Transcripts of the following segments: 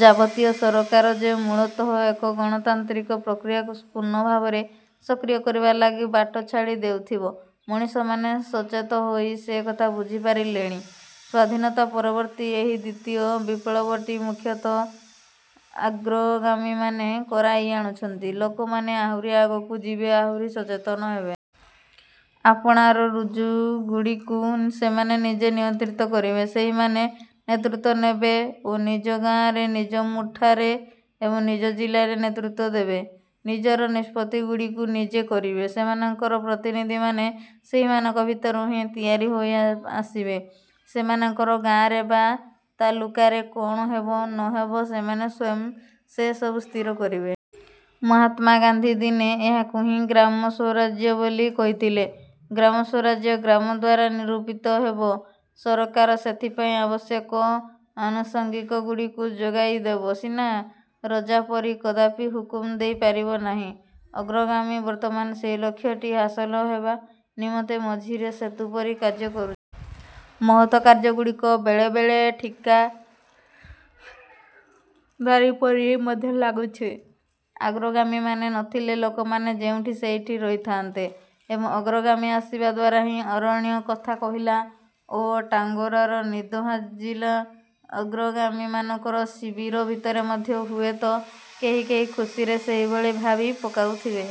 ଯାବତୀୟ ସରକାର ଯେ ମୂଳତଃ ଏକ ଗଣତାନ୍ତ୍ରିକ ପ୍ରକ୍ରିୟାକୁ ପୂର୍ଣ୍ଣ ଭାବରେ ସକ୍ରିୟ କରିବା ଲାଗି ବାଟ ଛାଡ଼ି ଦେଉଥିବ, ମଣିଷମାନେ ସଚେତ ହୋଇ ସେକଥା ବୁଝି ପାରିଲେଣି। ସ୍ୱାଧୀନତା ପରବର୍ତ୍ତୀ ଏହି ଦ୍ୱିତୀୟ ବିପ୍ଳବଟି ମୁଖତଃ ଆଗ୍ରଗାମୀମାନେ କରାଇ ଆଣୁଛନ୍ତି। ଲୋକମାନେ ଆହୁରି ଆଗକୁ ଯିବେ, ଆହୁରି ସଚେତନ ହେବେ। ଆପଣାର ରୁଜ୍ଜୁଗୁଡ଼ିକୁ ସେମାନେ ନିଜେ ନିୟନ୍ତ୍ରିତ କରିବେ। ସେହିମାନେ ନେତୃତ୍ୱ ନେବେ ଓ ନିଜ ଗାଆଁରେ, ନିଜ ମୁଠାରେ ଏବଂ ନିଜ ଜିଲ୍ଲାରେ ନେତୃତ୍ୱ ଦେବେ। ନିଜର ନିଷ୍ପତ୍ତିଗୁଡ଼ିକୁ ନିଜେ କରିବେ। ସେମାନଙ୍କର ପ୍ରତିନିଧିମାନେ ସେହିମାନଙ୍କ ଭିତରୁ ହିଁ ତିଆରି ହୋଇ ଆସିବେ। ସେମାନଙ୍କର ଗାଆଁରେ ବା ତାଲୁକାରେ କଣ ହେବ ନହେବ ସେମାନେ ସ୍ୱୟଂ ସେସବୁ ସ୍ଥିର କରିବେ। ମହାତ୍ମା ଗାନ୍ଧୀ ଦିନେ ଏହାକୁ ହିଁ ଗ୍ରାମସ୍ଵରାଜ୍ୟ ବୋଲି କହିଥିଲେ। ଗ୍ରାମସ୍ଵରାଜ୍ୟ ଗ୍ରାମ ଦ୍ୱାରା ନିରୂପିତ ହେବ। ସରକାର ସେଥିପାଇଁ ଆବଶ୍ୟକ ଆନୁଷଙ୍ଗିକଗୁଡ଼ିକୁ ଯୋଗାଇଦେବ ସିନା ରଜା ପରି କଦାପି ହୁକୁମ ଦେଇ ପାରିବ ନାହିଁ। ଅଗ୍ରଗାମୀ ବର୍ତ୍ତମାନ ସେହି ଲକ୍ଷ୍ୟଟି ହାସଲ ହେବା ନିମନ୍ତେ ମଝିରେ ସେତୁ ପରି କାର୍ଯ୍ୟ କରୁଛି। ମହତ୍ କାର୍ଯ୍ୟଗୁଡ଼ିକ ବେଳେ ବେଳେ ଠିକାଦାରୀ ପରି ମଧ୍ୟ ଲାଗୁଛି। ଅଗ୍ରଗାମୀମାନେ ନଥିଲେ ଲୋକମାନେ ଯେଉଠି ସେଇଠି ରହିଥାନ୍ତେ ଏବଂ ଅଗ୍ରଗାମୀ ଆସିବା ଦ୍ୱାରା ହିଁ ଅରଣ୍ୟ କଥା କହିଲା ଓ ଟାଙ୍ଗରର ନିଦ ଭାଜିଲା ଅଗ୍ରଗାମୀମାନଙ୍କର ଶିବିର ଭିତରେ ମଧ୍ୟ ହୁଏତ କେହି କେହି ଖୁସିରେ ସେହିଭଳି ଭାବି ପକାଉଥିବେ।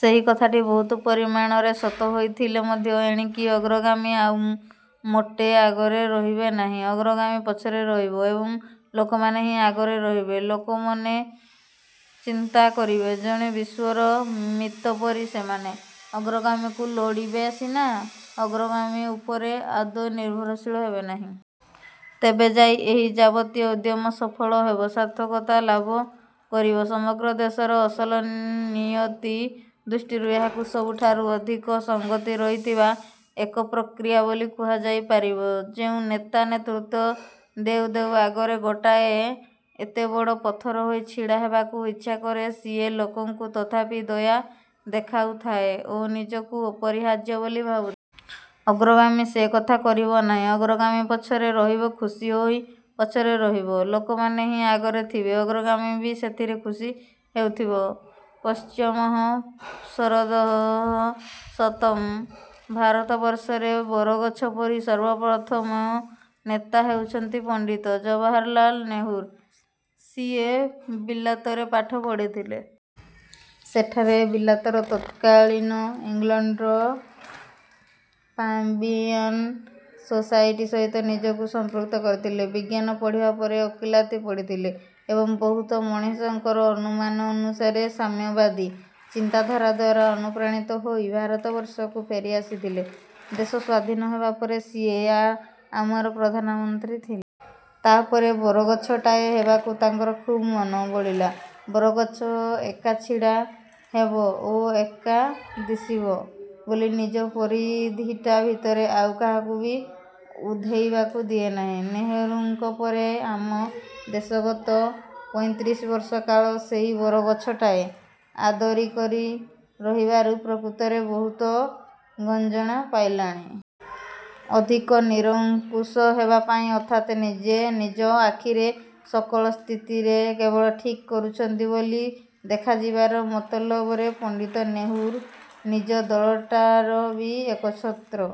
ସେହି କଥାଟି ବହୁତ ପରିମାଣରେ ସତ ହୋଇଥିଲେ ମଧ୍ୟ ଏଣିକି ଅଗ୍ରଗାମୀ ଆଉ ମୋଟେ ଆଗରେ ରହିବେ ନାହିଁ। ଅଗ୍ରଗାମୀ ପଛରେ ରହିବ ଏବଂ ଲୋକମାନେ ହିଁ ଆଗରେ ରହିବେ। ଲୋକମନେ ଚିନ୍ତା କରିବେ। ଜଣେ ବିଶ୍ୱର ମିତ ପରି ସେମାନେ ଅଗ୍ରଗାମୀକୁ ଲୋଡ଼ିବେ ସିନା, ଅଗ୍ରଗାମୀ ଉପରେ ଆଦୌ ନିର୍ଭରଶୀଳ ହେବେନାହିଁ। ତେବେଯାଇ ଏହି ଯାବତୀୟ ଉଦ୍ୟମ ସଫଳ ହେବ, ସାର୍ଥକତା ଲାଭ କରିବ ସମଗ୍ର ଦେଶର ଅସଲ ନିୟତି ଦୃଷ୍ଟିରୁ ଏହାକୁ ସବୁଠାରୁ ଅଧିକ ସଂଗତି ରହିଥିବା ଏକ ପ୍ରକ୍ରିୟା ବୋଲି କୁହାଯାଇ ପାରିବ। ଯେଉଁ ନେତା ନେତୃତ୍ୱ ଦେଉ ଦେଉ ଆଗରେ ଗୋଟାଏ ଏଡ଼େ ବଡ଼ ପଥର ହୋଇ ଛିଡ଼ା ହେବାକୁ ଇଚ୍ଛା କରେ ସିଏ ଲୋକଙ୍କୁ ତଥାପି ଦୟା ଦେଖାଉଥାଏ ଓ ନିଜକୁ ଅପରିହାର୍ଯ୍ୟ ବୋଲି ଭାବୁଥାଏ। ଅଗ୍ରଗାମୀ ସେକଥା କରିବ ନାହିଁ, ଅଗ୍ରଗାମୀ ପଛରେ ରହିବ ଖୁସି ହୋଇ ପଛରେ ରହିବ, ଲୋକମାନେ ହିଁ ଆଗରେ ଥିବେ ଅଗ୍ରଗାମୀ ବି ସେଥିରେ ଖୁସି ହେଉଥିବ। ପଶ୍ୟେମଃ ଶରଦଃ ଶତଂ ଭାରତବର୍ଷରେ ବରଗଛ ପରି ସର୍ବପ୍ରଥମ ନେତା ହେଉଛନ୍ତି ପଣ୍ଡିତ ଜବାହରଲାଲ ନେହରୁ। ସିଏ ବିଲାତରେ ପାଠ ପଢ଼ିଥିଲେ । ସେଠାରେ ବିଲାତର ତତ୍କାଳୀନ ଇଂଲଣ୍ଡର ପାଂବିଆନ୍ ସୋସାଇଟି ସହିତ ନିଜକୁ ସମ୍ପୃକ୍ତ କରିଥିଲେ, ବିଜ୍ଞାନ ପଢିବା ପରେ ଓକିଲାତି ପଢ଼ିଥିଲେ ଏବଂ ବହୁତ ମଣିଷଙ୍କର ଅନୁମାନ ଅନୁସାରେ ସାମ୍ୟବାଦୀ ଚିନ୍ତାଧାରା ଦ୍ୱାରା ଅନୁପ୍ରାଣିତ ହୋଇ ଭାରତବର୍ଷକୁ ଫେରି ଆସିଥିଲେ। ଦେଶ ସ୍ୱାଧୀନ ହେବା ପରେ ସିଏ ଆ ଆମର ପ୍ରଧାନମନ୍ତ୍ରୀ ଥିଲେ। ତାପରେ ବରଗଛଟାଏ ହେବାକୁ ତାଙ୍କର ଖୁବ୍ ମନ ବଳିଲା। ବରଗଛ ଏକା ଛିଡ଼ା ହେବ ଓ ଏକା ଦିଶିବ ବୋଲି ନିଜ ପରିଧିଟା ଭିତରେ ଆଉ କାହାକୁ ବି ଉଧେଇବାକୁ ଦିଏ ନାହିଁ। ନେହେରୁଙ୍କ ପରେ ଆମ ଦେଶ ଗତ ପଇଁତ୍ରିଶି ବର୍ଷ କାଳ ସେଇ ବରଗଛଟାଏ ଆଦରି କରି ରହିବାରୁ ପ୍ରକୃତରେ ବହୁତ ଗଞ୍ଜଣା ପାଇଲାଣି। ଅଧିକ ନିରଙ୍କୁଶ ହେବା ପାଇଁ ଅର୍ଥାତ୍ ନିଜେ ନିଜ ଆଖିରେ ସକଳ ସ୍ଥିତିରେ କେବଳ ଠିକ୍ କରୁଛନ୍ତି ବୋଲି ଦେଖାଯିବାର ମତଲବରେ ପଣ୍ଡିତ ନେହରୁ ନିଜ ଦଳଟାର ବି ଏକଚ୍ଛତ୍ର